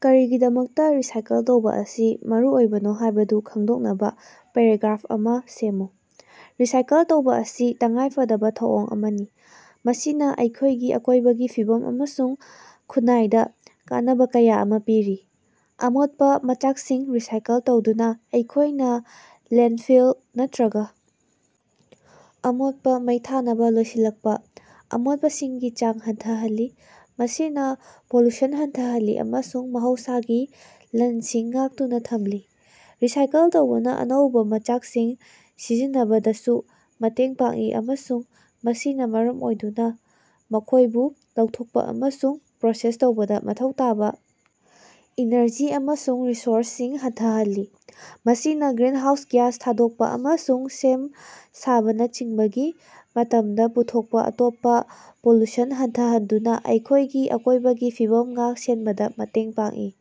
ꯀꯔꯤꯒꯤꯗꯃꯛꯇꯥ ꯔꯤꯁꯥꯏꯀꯜ ꯇꯧꯕꯥ ꯑꯁꯤ ꯃꯔꯨꯑꯣꯏꯕꯅꯣ ꯍꯥꯢꯕꯗꯨ ꯈꯪꯗꯣꯛꯅꯕ ꯄꯦꯔꯥꯒ꯭ꯔꯥꯐ ꯑꯃ ꯁꯦꯝꯃꯨ꯫ ꯔꯤꯁꯥꯏꯀꯜ ꯇꯧꯕꯥ ꯑꯁꯤ ꯇꯉꯥꯏꯐꯗꯕ ꯊꯧꯑꯣꯡ ꯑꯃꯅꯤ ꯃꯁꯤꯅ ꯑꯩꯈꯣꯢꯒꯤ ꯑꯀꯣꯢꯕꯒꯤ ꯐꯤꯕꯝ ꯑꯃꯁꯨꯡ ꯈꯨꯟꯅꯥꯏꯗ ꯀꯥꯟꯅꯕ ꯀꯌꯥ ꯑꯃ ꯄꯤꯔꯤ꯫ ꯑꯃꯣꯠꯄ ꯃꯆꯥꯛꯁꯤꯡ ꯔꯤꯁꯥꯏꯀꯜ ꯇꯧꯗꯨꯅ ꯑꯩꯈꯣꯢꯅ ꯂꯦꯟꯗꯐꯤꯜ ꯅꯠꯇ꯭ꯔꯒ ꯑꯃꯣꯠꯄ ꯃꯩ ꯊꯥꯅꯕ ꯂꯣꯏꯁꯤꯜꯂꯛꯄ ꯑꯃꯣꯠꯄꯁꯤꯡꯒꯤ ꯆꯥꯡ ꯍꯟꯊꯍꯜꯂꯤ ꯃꯁꯤꯅ ꯄꯣꯂꯨꯁꯟ ꯍꯟꯊꯍꯜꯂꯤ ꯑꯃꯁꯨꯡ ꯃꯍꯧꯁꯥꯒꯤ ꯂꯟꯁꯤꯡ ꯉꯥꯛꯇꯨꯅ ꯊꯝꯂꯤ꯫ ꯔꯤꯁꯥꯏꯀꯜ ꯇꯧꯕꯅ ꯑꯅꯧꯕ ꯃꯆꯥꯛꯁꯤꯡ ꯁꯤꯖꯤꯟꯅꯕꯗꯁꯨ ꯃꯇꯦꯡ ꯄꯥꯡꯏ ꯑꯃꯁꯨꯡ ꯃꯁꯤꯅ ꯃꯔꯝ ꯑꯣꯏꯗꯨꯅ ꯃꯈꯣꯢꯕꯨ ꯂꯧꯊꯣꯛꯄ ꯑꯃꯁꯨꯡ ꯄ꯭ꯔꯣꯁꯦꯁ ꯇꯧꯕꯗ ꯃꯊꯧ ꯇꯥꯕ ꯏꯅꯔꯖꯤ ꯑꯃꯁꯨꯡ ꯔꯤꯁꯣꯔꯁꯁꯤꯡ ꯍꯟꯊꯍꯜꯂꯤ꯫ ꯃꯁꯤꯅ ꯒ꯭ꯔꯤꯟꯍꯥꯎꯁ ꯒ꯭ꯌꯥꯁ ꯊꯥꯗꯣꯛꯄ ꯑꯃꯁꯨꯡ ꯁꯦꯝ ꯁꯥꯕꯅꯆꯤꯡꯕꯒꯤ ꯃꯇꯝꯗ ꯄꯨꯊꯣꯛꯄ ꯑꯇꯣꯞꯄ ꯄꯣꯂꯨꯁꯟ ꯍꯟꯊꯍꯟꯗꯨꯅ ꯑꯩꯈꯣꯢꯒꯤ ꯑꯀꯣꯢꯕꯒꯤ ꯐꯤꯕꯝ ꯉꯥꯛ-ꯁꯦꯟꯕꯗ ꯃꯇꯦꯡ ꯄꯥꯡꯏ꯫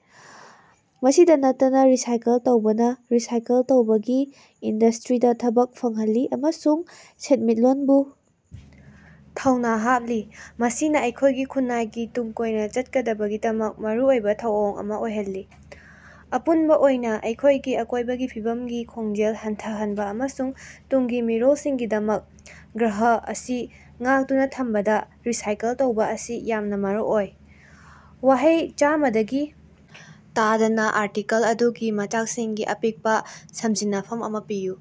ꯃꯁꯤꯗ ꯅꯠꯇꯅ ꯔꯤꯁꯥꯏꯀꯜ ꯇꯧꯕꯅ ꯔꯤꯁꯥꯏꯀꯜ ꯇꯧꯕꯒꯤ ꯏꯟꯗꯁꯇ꯭ꯔꯤꯗ ꯊꯕꯛ ꯐꯪꯍꯜꯂꯤ ꯑꯃꯁꯨꯡ ꯁꯦꯟꯃꯤꯠꯂꯣꯟꯕꯨ ꯊꯧꯅꯥ ꯍꯥꯞꯂꯤ ꯃꯁꯤꯅ ꯑꯩꯈꯣꯢꯒꯤ ꯈꯨꯟꯅꯥꯏꯒꯤ ꯇꯨꯡ ꯀꯣꯏꯅ ꯆꯠꯀꯗꯕꯒꯤꯗꯃꯛ ꯃꯔꯨꯑꯣꯏꯕ ꯊꯧꯑꯣꯡ ꯑꯃ ꯑꯣꯏꯍꯜꯂꯤ꯫ ꯑꯄꯨꯟꯕ ꯑꯣꯏꯅ ꯑꯩꯈꯣꯢꯒꯤ ꯑꯀꯣꯢꯕꯒꯤ ꯐꯤꯕꯝꯒꯤ ꯈꯣꯡꯖꯦꯜ ꯍꯟꯊꯍꯟꯕ ꯑꯃꯁꯨꯡ ꯇꯨꯡꯒꯤ ꯃꯤꯔꯣꯜꯁꯤꯡꯒꯤꯗꯃꯛ ꯒ꯭ꯔꯍ ꯑꯁꯤ ꯉꯥꯛꯇꯨꯅ ꯊꯝꯕꯗ ꯔꯤꯁꯥꯏꯀꯜ ꯇꯧꯕ ꯑꯁꯤ ꯌꯥꯝꯅ ꯃꯔꯨꯑꯣꯏ꯫ ꯋꯥꯍꯩ ꯆꯥꯝꯃꯗꯒꯤ ꯇꯥꯗꯅ ꯑꯥꯔꯇꯤꯀꯜ ꯑꯗꯨꯒꯤ ꯃꯆꯥꯛꯁꯤꯡꯒꯤ ꯑꯄꯤꯛꯄ ꯁꯝꯖꯤꯟꯅꯐꯝ ꯑꯃ ꯄꯤꯌꯨ꯫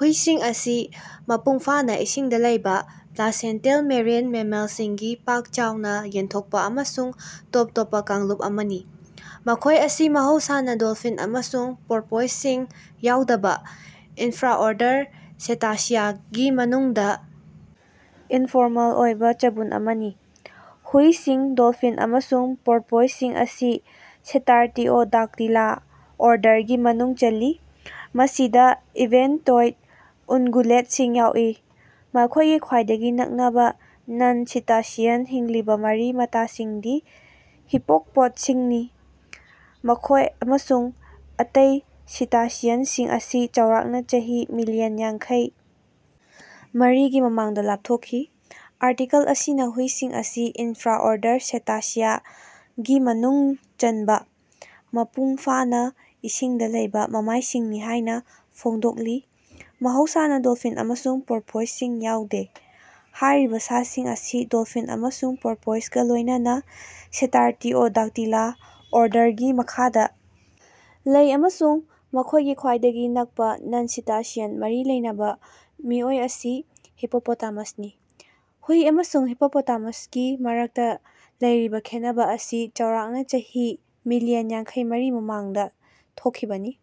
ꯍꯨꯏꯁꯤꯡ ꯑꯁꯤ ꯃꯄꯨꯡꯐꯥꯅ ꯏꯁꯤꯡꯗ ꯂꯩꯕ ꯄ꯭ꯂꯥꯁꯦꯟꯇꯦꯜ ꯃꯦꯔꯤꯟ ꯃꯦꯃꯦꯜꯁꯤꯡꯒꯤ ꯄꯥꯛ-ꯆꯥꯎꯅ ꯌꯦꯟꯊꯣꯛꯄ ꯑꯃꯁꯨꯡ ꯇꯣꯞ ꯇꯣꯞꯄ ꯀꯥꯡꯂꯨꯞ ꯑꯃꯅꯤ꯫ ꯃꯈꯣꯢ ꯑꯁꯤ ꯃꯍꯧꯁꯥꯅ ꯗꯣꯜꯐꯤꯟ ꯑꯃꯁꯨꯡ ꯄꯣꯔꯄꯣꯏꯖꯁꯤꯡ ꯌꯥꯎꯗꯕ ꯏꯟꯐ꯭ꯔꯥꯑꯣꯔꯗꯔ ꯁꯦꯇꯥꯁꯤꯌꯥꯒꯤ ꯃꯅꯨꯡꯗ ꯏꯟꯐꯣꯔꯃꯦꯜ ꯑꯣꯏꯕ ꯆꯕꯨꯟ ꯑꯃꯅꯤ꯫ ꯍꯨꯏꯁꯤꯡ, ꯗꯣꯜꯐꯤꯟ ꯑꯃꯁꯨꯡ ꯄꯣꯔꯄꯣꯏꯖꯁꯤꯡ ꯑꯁꯤ ꯁꯦꯇꯥꯔꯇꯤꯑꯣꯗꯥꯛꯇꯤꯂꯥ ꯑꯣꯔꯗꯔꯒꯤ ꯃꯅꯨꯡ ꯆꯜꯂꯤ ꯃꯁꯤꯗ ꯏꯚꯦꯟꯇ-ꯇꯣꯏꯗ ꯎꯟꯒꯨꯂꯦꯠꯁꯤꯡ ꯌꯥꯎꯏ꯫ ꯃꯈꯣꯢꯒꯤ ꯈ꯭ꯋꯥꯏꯗꯒꯤ ꯅꯛꯅꯕ ꯅꯟ-ꯁꯤꯇꯥꯁꯤꯌꯟ ꯍꯤꯡꯂꯤꯕ ꯃꯔꯤ-ꯃꯇꯥꯁꯤꯡꯗꯤ ꯍꯤꯄꯣꯛꯄꯣꯠꯁꯤꯡꯅꯤ ꯃꯈꯣꯢ ꯑꯃꯁꯨꯡ ꯑꯇꯦ ꯁꯤꯇꯥꯁꯤꯌꯟꯁꯤꯡ ꯑꯁꯤ ꯆꯥꯎꯔꯥꯛꯅ ꯆꯍꯤ ꯃꯤꯂꯤꯌꯟ ꯌꯥꯡꯈꯩ ꯃꯔꯤꯒꯤ ꯃꯃꯥꯡꯗ ꯂꯥꯞꯊꯣꯛꯈꯤ꯫ ꯑꯥꯔꯇꯤꯀꯜ ꯑꯁꯤꯅ ꯍꯨꯏꯁꯤꯡ ꯑꯁꯤ ꯏꯟꯐ꯭ꯔꯥꯑꯣꯔꯗꯔ ꯁꯦꯇꯥꯁꯤꯌꯥꯒꯤ ꯃꯅꯨꯡ ꯆꯟꯕ ꯃꯄꯨꯡ ꯐꯥꯅ ꯏꯁꯤꯡꯗ ꯂꯩꯕ ꯃꯃꯥꯢꯁꯤꯡꯅꯤ ꯍꯥꯢꯅ ꯐꯣꯡꯗꯣꯛꯂꯤ ꯃꯍꯧꯁꯥꯅ ꯗꯣꯜꯐꯤꯟ ꯑꯃꯁꯨꯡ ꯄꯣꯔꯄꯣꯏꯖꯁꯤꯡ ꯌꯥꯎꯗꯦ꯫ ꯍꯥꯢꯔꯤꯕ ꯁꯥꯁꯤꯡ ꯑꯁꯤ ꯗꯣꯜꯐꯤꯟ ꯑꯃꯁꯨꯡ ꯄꯣꯔꯄꯣꯏꯖꯒ ꯂꯣꯢꯅꯅꯥ ꯁꯦꯇꯥꯔꯇꯤꯑꯣꯗꯥꯛꯇꯤꯂꯥ ꯑꯣꯔꯗꯔꯒꯤ ꯃꯈꯥꯗ ꯂꯩ ꯑꯃꯁꯨꯡ ꯃꯈꯣꯢꯒꯤ ꯈ꯭ꯋꯥꯏꯗꯒꯤ ꯅꯛꯄꯥ ꯅꯟ-ꯁꯤꯇꯥꯁꯤꯌꯟ ꯃꯔꯤ ꯂꯩꯅꯕ ꯃꯤꯑꯣꯏ ꯑꯁꯤ ꯍꯤꯄꯣꯄꯣꯇꯥꯃꯁꯅꯤ꯫ ꯍꯨꯏ ꯑꯃꯁꯨꯡ ꯍꯤꯄꯣꯄꯣꯇꯥꯃꯁꯒꯤ ꯃꯔꯛꯇ ꯂꯩꯔꯤꯕ ꯈꯦꯠꯅꯕ ꯑꯁꯤ ꯆꯥꯎꯔꯥꯛꯅ ꯆꯍꯤ ꯃꯤꯂꯤꯌꯟ ꯌꯥꯡꯈꯩꯃꯔꯤ ꯃꯃꯥꯡꯗ ꯊꯣꯛꯈꯤꯕꯅꯤ꯫